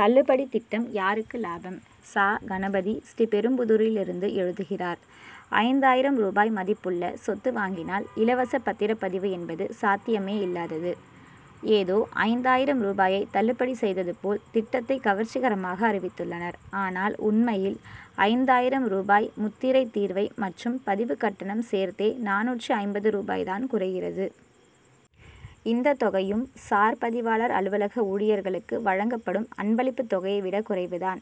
தள்ளுபடி திட்டம் யாருக்கு லாபம்? ச. கணபதி, ஸ்ரீபெரும்புதூரிலிருந்து எழுதுகிறார் ஐந்தாயிரம் ரூபாய் மதிப்புள்ள சொத்து வாங்கினால், இலவச பத்திரப்பதிவு என்பது சாத்தியமே இல்லாதது. ஏதோ ஐந்தாயிரம் ரூபாயை தள்ளுபடி செய்தது போல், திட்டத்தை கவர்ச்சிகரமாக அறிவித்துள்ளனர். ஆனால், உண்மையில் ஐந்தாயிரம் ரூபாய் முத்திரை தீர்வை மற்றும் பதிவு கட்டணம் சேர்த்தே, நானூற்று ஐம்பது ரூபாய் தான் குறைகிறது. இந்த தொகையும், சார் பதிவாளர் அலுவலக ஊழியர்களுக்கு வழங்கப்படும் அன்பளிப்பு தொகையைவிட குறைவு தான்.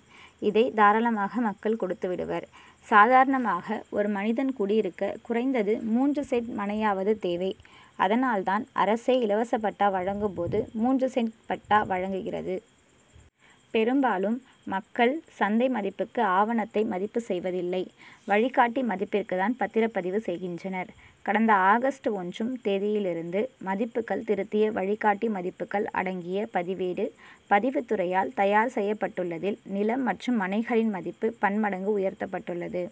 இதை தாராளமாக மக்கள் கொடுத்து விடுவர். சாதாரணமாக, ஒரு மனிதன் குடியிருக்க குறைந்தது மூன்று சென்ட் மனையாவது தேவை. அதனால் தான், அரசே இலவச பட்டா வழங்கும் போது, மூன்று சென்ட் பட்டா வழங்குகிறது. பெரும்பாலும் மக்கள், சந்தை மதிப்புக்கு ஆவணத்தை பதிவு செய்வதில்லை. வழிகாட்டி மதிப்பிற்கு தான் பத்திரப் பதிவு செய்கின்றனர். கடந்த ஆகஸ்ட் ஒன்றும் தேதியிலிருந்து, மதிப்புகள் திருத்திய வழிகாட்டி மதிப்புகள் அடங்கிய பதிவேடு, பதிவுத்துறையால் தயார் செய்யப்பட்டுள்ளதில், நிலம் மற்றும் மனைகளின் மதிப்பு பன் மடங்கு உயர்த்தப்பட்டுள்ளது.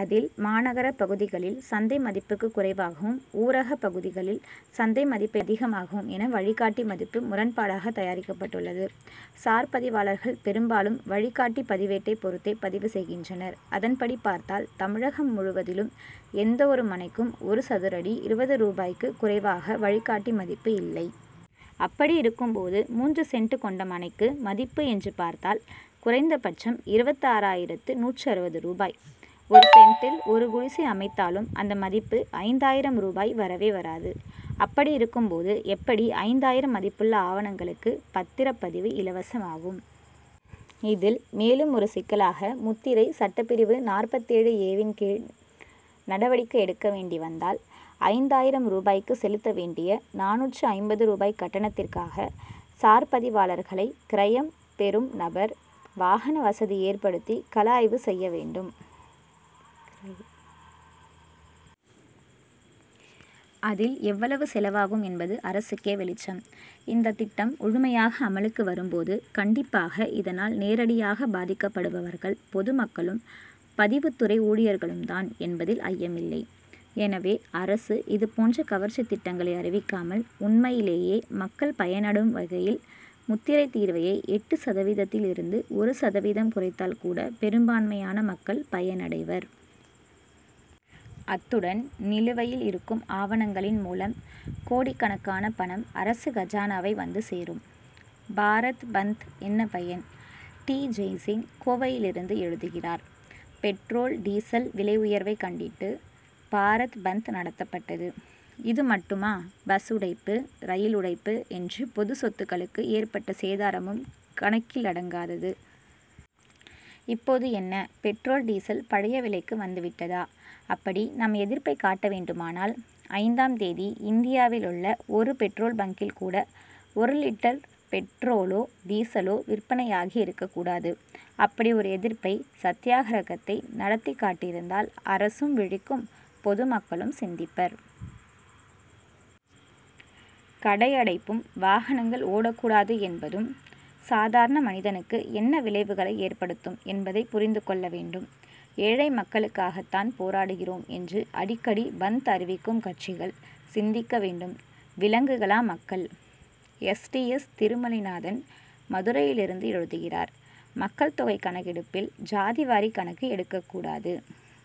அதில், மாநகர பகுதிகளில், சந்தை மதிப்புக்கு குறைவாகவும், ஊரக பகுதிகளில், சந்தை மதிப்பை விட அதிகமாகவும் என, வழிகாட்டி மதிப்பு முரண்பாடாக தயாரிக்கப்பட்டுள்ளது. சார் பதிவாளர்கள் பெரும்பாலும், வழிகாட்டி பதிவேட்டை பொருத்தே பதிவு செய்கின்றனர். அதன்படி பார்த்தால், தமிழகம் முழுவதிலும், எந்த ஒரு மனைக்கும், ஒரு சதுரடி இருபது ரூபாய்க்கு குறைவாக வழிகாட்டி மதிப்பு இல்லை. அப்படியிருக்கும் போது, மூன்று சென்ட் கொண்ட மனைக்கு மதிப்பு என்று பார்த்தால், குறைந்தபட்சம் இருபத்தாறாயிரத்து நூற்று அறுபது ரூபாய். ஒரு சென்டில் ஒரு குடிசை அமைத்தாலும், அந்த மதிப்பு, ஐந்தாயிரம் ரூபாய் வரவே வராது. அப்படியிருக்கும் போது, எப்படி ஐந்தாயிரம் மதிப்புள்ள ஆவணங்களுக்கு பத்திரப் பதிவு இலவசமாகும். இதில், மேலும் ஒரு சிக்கலாக, முத்திரை சட்டப்பிரிவு நாற்பத்தேழு ஏ-வின் கீழ் நடவடிக்கை எடுக்க வேண்டி வந்தால், ஐந்தாயிரம் ரூபாய்க்கு செலுத்த வேண்டிய நானூற்று ஐம்பது ரூபாய் கட்டணத்திற்காக, சார் பதிவாளர்களை, கிரையம் பெறும் நபர், வாகன வசதி ஏற்படுத்தி, கள ஆய்வு செய்ய வேண்டும். அதில் எவ்வளவு செலவாகும் என்பது அரசுக்கே வெளிச்சம். இந்த திட்டம் முழுமையாக அமலுக்கு வரும் போது, கண்டிப்பாக இதனால் நேரடியாக பாதிக்கப்படுபவர்கள், பொது மக்களும், பதிவுத்துறை ஊழியர்களும் தான் என்பதில் ஐயம் இல்லை. எனவே, அரசு இது போன்ற கவர்ச்சி திட்டங்களை அறிவிக்காமல், உண்மையிலேயே மக்கள் பயன் அடையும் வகையில், முத்திரைத் தீர்வையை, எட்டு சதவீதத்தில் இருந்து, ஒரு சதவீதம் குறைத்தால் கூட, பெரும்பான்மையான மக்கள் பயனடைவர். அத்துடன், நிலுவையில் இருக்கும் ஆவணங்களின் மூலம், கோடிக்கணக்கான பணம் அரசு கஜானாவை வந்து சேரும். பாரத் பந்த் என்ன பயன்? டி. ஜெய்சிங், கோவையிலிருந்து எழுதுகிறார் பெட்ரோல், டீசல் விலை உயர்வை கண்டித்து, பாரத் பந்த் நடத்தப்பட்டது. இது மட்டுமாபஸ் உடைப்பு, ரயில் உடைப்பு என்று, பொதுச் சொத்துக்களுக்கு ஏற்பட்ட சேதாரமும் கணக்கிலடங்காது. இப்போது என்ன, பெட்ரோல், டீசல் பழைய விலைக்கு வந்து விட்டதா? அப்படி நம் எதிர்ப்பை காட்ட வேண்டுமானால், ஐந்தாம் தேதி, இந்தியாவிலுள்ள ஒரு பெட்ரோல் பங்க்கில் கூட, ஒரு லிட்டர் பெட்ரோலோ, டீசலோ விற்பனை ஆகி இருக்கக்கூடாது. அப்படி ஒரு எதிர்ப்பை, சத்யாகிரகத்தை நடத்திக் காட்டியிருந்தால், அரசும் விழிக்கும்; பொது மக்களும் சிந்திப்பர். கடையடைப்பும், வாகனங்கள் ஓடக்கூடாது என்பதும், சாதாரண மனிதனுக்கு என்ன விளைவுகளை ஏற்படுத்தும் என்பதை புரிந்து கொள்ள வேண்டும். ஏழை மக்களுக்காகத் தான் போராடுகிறோம் என்று அடிக்கடி பந்த் அறிவிக்கும் கட்சிகள், சிந்திக்க வேண்டும். விலங்குகளா மக்கள்? எஸ். டி. எஸ். திருமலைநாதன், மதுரையிலிருந்து எழுதுகிறார் மக்கள்தொகை கணக்கெடுப்பில், ஜாதிவாரி கணக்கு எடுக்கக்கூடாது.